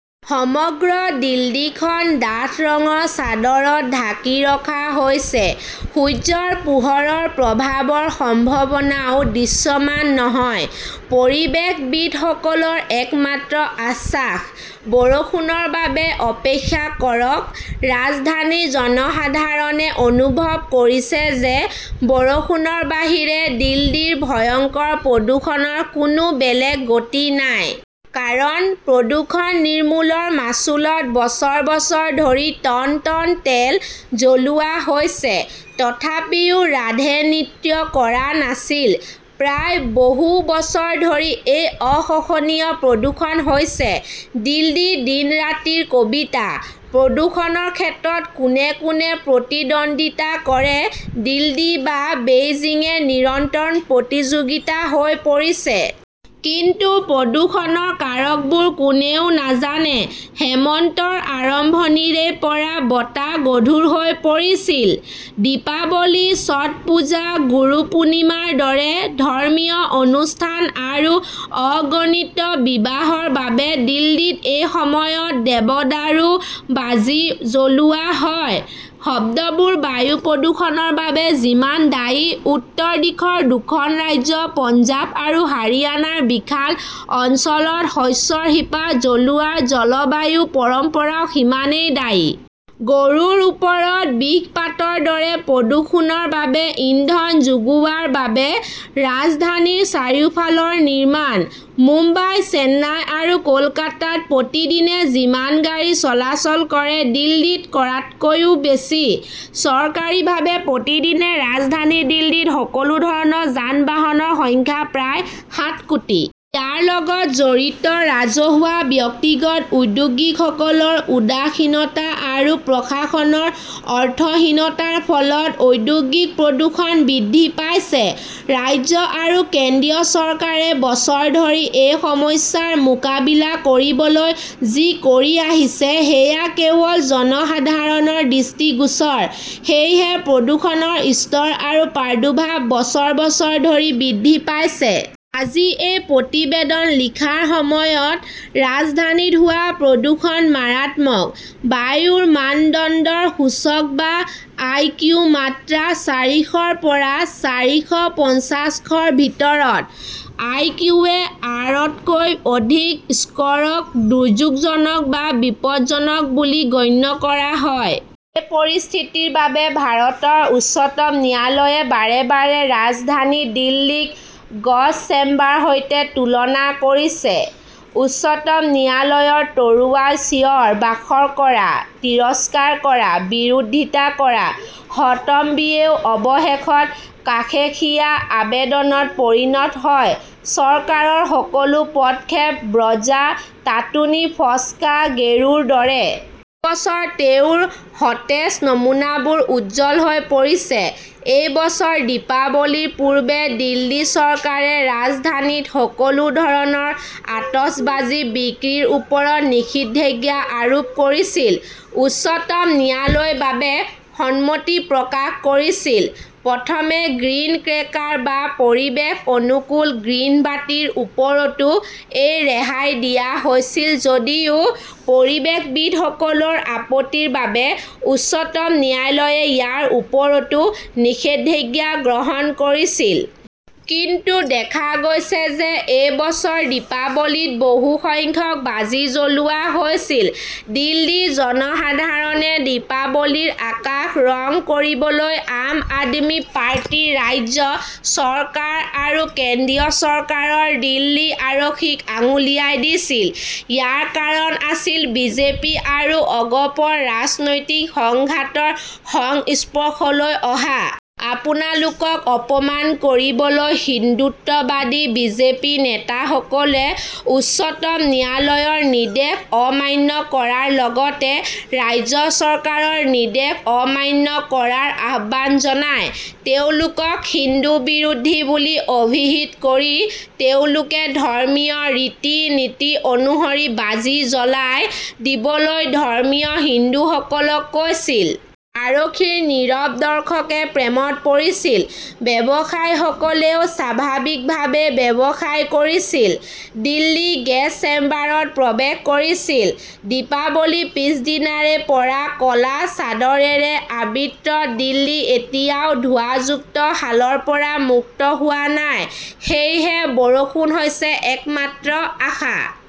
সমগ্ৰ দিল্লীখন ডাঠ ৰঙৰ চাদৰত ঢাকি ৰখা হৈছে। সূৰ্যৰ পোহৰৰ প্ৰভাৱৰ সম্ভাৱনাও দৃশ্যমান নহয়। পৰিৱেশবিদসকলৰ একমাত্ৰ আশ্বাস। বৰষুণৰ বাবে অপেক্ষা কৰক। ৰাজধানীৰ জনসাধাৰণে অনুভৱ কৰিছে যে বৰষুণৰ বাহিৰে দিল্লীৰ ভয়ংকৰ প্ৰদূষণৰ কোনো বেলেগ গতি নাই। কাৰণ প্ৰদূষণ নিৰ্মূলৰ মাচুলত বছৰ বছৰ ধৰি টন টন তেল জ্বলোৱা হৈছে। তথাপিও ৰাধে নৃত্য কৰা নাছিল! প্ৰায় বহু বছৰ ধৰি এই অসহনীয় প্ৰদূষণ হৈছে দিল্লীৰ দিন ৰাতিৰ কবিতা। প্ৰদূষণৰ ক্ষেত্ৰত কোনে কোনে প্ৰতিদ্বন্দিতা কৰে দিল্লী বা বেইজিঙে নিৰন্তৰ প্ৰতিযোগিতা হৈ পৰিছে। কিন্তু প্ৰদূষণৰ কাৰকবোৰ কোনেও নাজানে। হেমন্তৰ আৰম্ভণিৰে পৰা বতাহ গধুৰ হৈ পৰিছিল। দীপাৱলী ছট পূজা গুৰুপুৰ্ণিমাৰ দৰে ধৰ্মীয় অনুষ্ঠান আৰু অগণিত বিবাহৰ বাবে দিল্লীত এই সময়ত দেৱদাৰুৰ বাজি জ্বলোৱা হয়। শব্দবোৰ বায়ু প্ৰদূষণৰ বাবে যিমান দায়ী উত্তৰ দিশৰ দুখন ৰাজ্য পঞ্জাৱ আৰু হাৰিয়ানাৰ বিশাল অঞ্চলত শস্যৰ শিপা জ্বলোৱাৰ জলবায়ু পৰম্পৰাও সিমানেই দায়ী। গৰুৰ ওপৰত বিষপাতৰ দৰে প্ৰদূষণৰ বাবে ইন্ধন যোগোৱাৰ বাবে ৰাজধানীৰ চাৰিফালৰ নিৰ্মাণ। মুম্বাই চেন্নাই আৰু কলকাতাত প্ৰতিদিনে যিমান গাড়ী চলাচল কৰে দিল্লীত কৰাতকৈ বেছি। চৰকাৰীভাৱে প্ৰতিদিনে ৰাজধানী দিল্লীত সকলো ধৰণৰ যান বাহনৰ সংখ্যা প্ৰায় সাত কোটি। ইয়াৰ লগত জড়িত ৰাজহুৱা ব্যক্তিগত উদ্যোগীসকলৰ উদাসীনতা আৰু প্ৰশাসনৰ অৰ্থহীনতাৰ ফলত ঔদ্যোগিক প্ৰদূষণ বৃদ্ধি পাইছে। ৰাজ্য আৰু কেন্দ্ৰীয় চৰকাৰে বছৰ ধৰি এই সমস্যাৰ মোকাবিলা কৰিবলৈ যি কৰি আহিছে সেয়া কেৱল জনসাধাৰণৰ দৃষ্টিগোচৰ। সেয়েহে প্ৰদূষণৰ স্তৰ আৰু প্ৰাদুৰ্ভাৱ বছৰ বছৰ ধৰি বৃদ্ধি পাইছে। আজি এই প্ৰতিবেদন লিখাৰ সময়ত ৰাজধানীত হোৱা প্ৰদূষণ মাৰাত্মক। বায়ুৰ মানদণ্ডৰ সূচক বা আইকিউ মাত্ৰা চাৰিশৰ পৰা চাৰিশ পঞ্চাশৰ ভিতৰত! আই কিউ এ আৰ তকৈ অধিক স্ক'ৰক দুৰ্যোগজনক বা বিপদজনক বুলি গণ্য কৰা হয়। এই পৰিস্থিতিৰ বাবে ভাৰতৰ উচ্চতম ন্যায়ালয়ে বাৰে বাৰে ৰাজধানী দিল্লীক গছ চেম্বাৰ ৰ সৈতে তুলনা কৰিছে। উচ্চতম ন্যায়ালয়ৰ তৰোৱাল চিঞৰ বাখৰ কৰা তিৰস্কাৰ কৰা বিৰোধিতা কৰা হম্বিতম্বিয়েও অৱশেষত কাকেশিয়া আবেদনত পৰিণত হয়। চৰকাৰৰ সকলো পদক্ষেপ বজ্ৰা টাটুনি ফস্কা গেৰোৰ দৰে! এই বছৰ তেওঁৰ সতেজ নমুনাবোৰ উজ্জ্বল হৈ পৰিছে। এই বছৰ দীপাৱলীৰ পূৰ্বে দিল্লী চৰকাৰে ৰাজধানীত সকলো ধৰণৰ আতচবাজী বিক্ৰীৰ ওপৰত নিষেধাজ্ঞা আৰোপ কৰিছিল। উচ্চতম ন্যায়ালয়ে ইয়াৰ বাবে সন্মতি প্ৰকাশ কৰিছিল। প্ৰথমে গ্ৰীণ ক্ৰেকাৰ বা পৰিৱেশ অনুকূল গ্ৰীণ বাটিৰ ওপৰতো এই ৰেহাই দিয়া হৈছিল যদিও পৰিৱেশবিদসকলৰ আপত্তিৰ বাবে উচ্চতম ন্যায়ালয়ে ইয়াৰ ওপৰতো নিষেধাজ্ঞা গ্ৰহণ কৰিছিল। কিন্তু দেখা গৈছে যে এই বছৰ দীপাৱলীত বহু সংখ্যক বাজি জ্বলোৱা হৈছিল। দিল্লীৰ জনসাধাৰণে দীপাৱলীৰ আকাশ ৰং কৰিবলৈ আম আদমি পাৰ্টিৰ ৰাজ্য চৰকাৰ আৰু কেন্দ্ৰীয় চৰকাৰৰ দিল্লী আৰক্ষীক আঙুলিয়াই দিছিল। ইয়াৰ কাৰণ আছিল বিজেপি আৰু আপৰ ৰাজনৈতিক সংঘাতৰ সংস্পৰ্শলৈ অহা। আপোনালোকক অপমান কৰিবলৈ হিন্দুত্ববাদী বিজেপি নেতাসকলে উচ্চতম ন্যায়ালয়ৰ নিৰ্দেশ অমান্য কৰাৰ লগতে ৰাজ্য চৰকাৰৰ নিৰ্দেশ অমান্য কৰাৰ আহ্বান জনায়। তেওঁলোকক হিন্দু বিৰোধী বুলি অভিহিত কৰি তেওঁলোকে ধৰ্মীয় ৰীতি নীতি অনুসৰি বাজি জ্বলাই দিবলৈ ধৰ্মীয় হিন্দুসকলক কৈছিল। আৰক্ষীৰ নীৰৱ দৰ্শকে প্ৰেমত পৰিছিল। ব্যৱসায়ীসকলেও স্বাভাৱিকভাৱেই ব্যৱসায় কৰিছিল। দিল্লী গেছ চেম্বাৰত প্ৰৱেশ কৰিছিল। দীপাৱলীৰ পিছদিনাৰে পৰা ক'লা চাদৰেৰে আবৃত দিল্লী এতিয়াও ধোঁৱাযুক্ত হালৰ পৰা মুক্ত হোৱা নাই। সেয়েহে বৰষুণ হৈছে একমাত্ৰ আশা।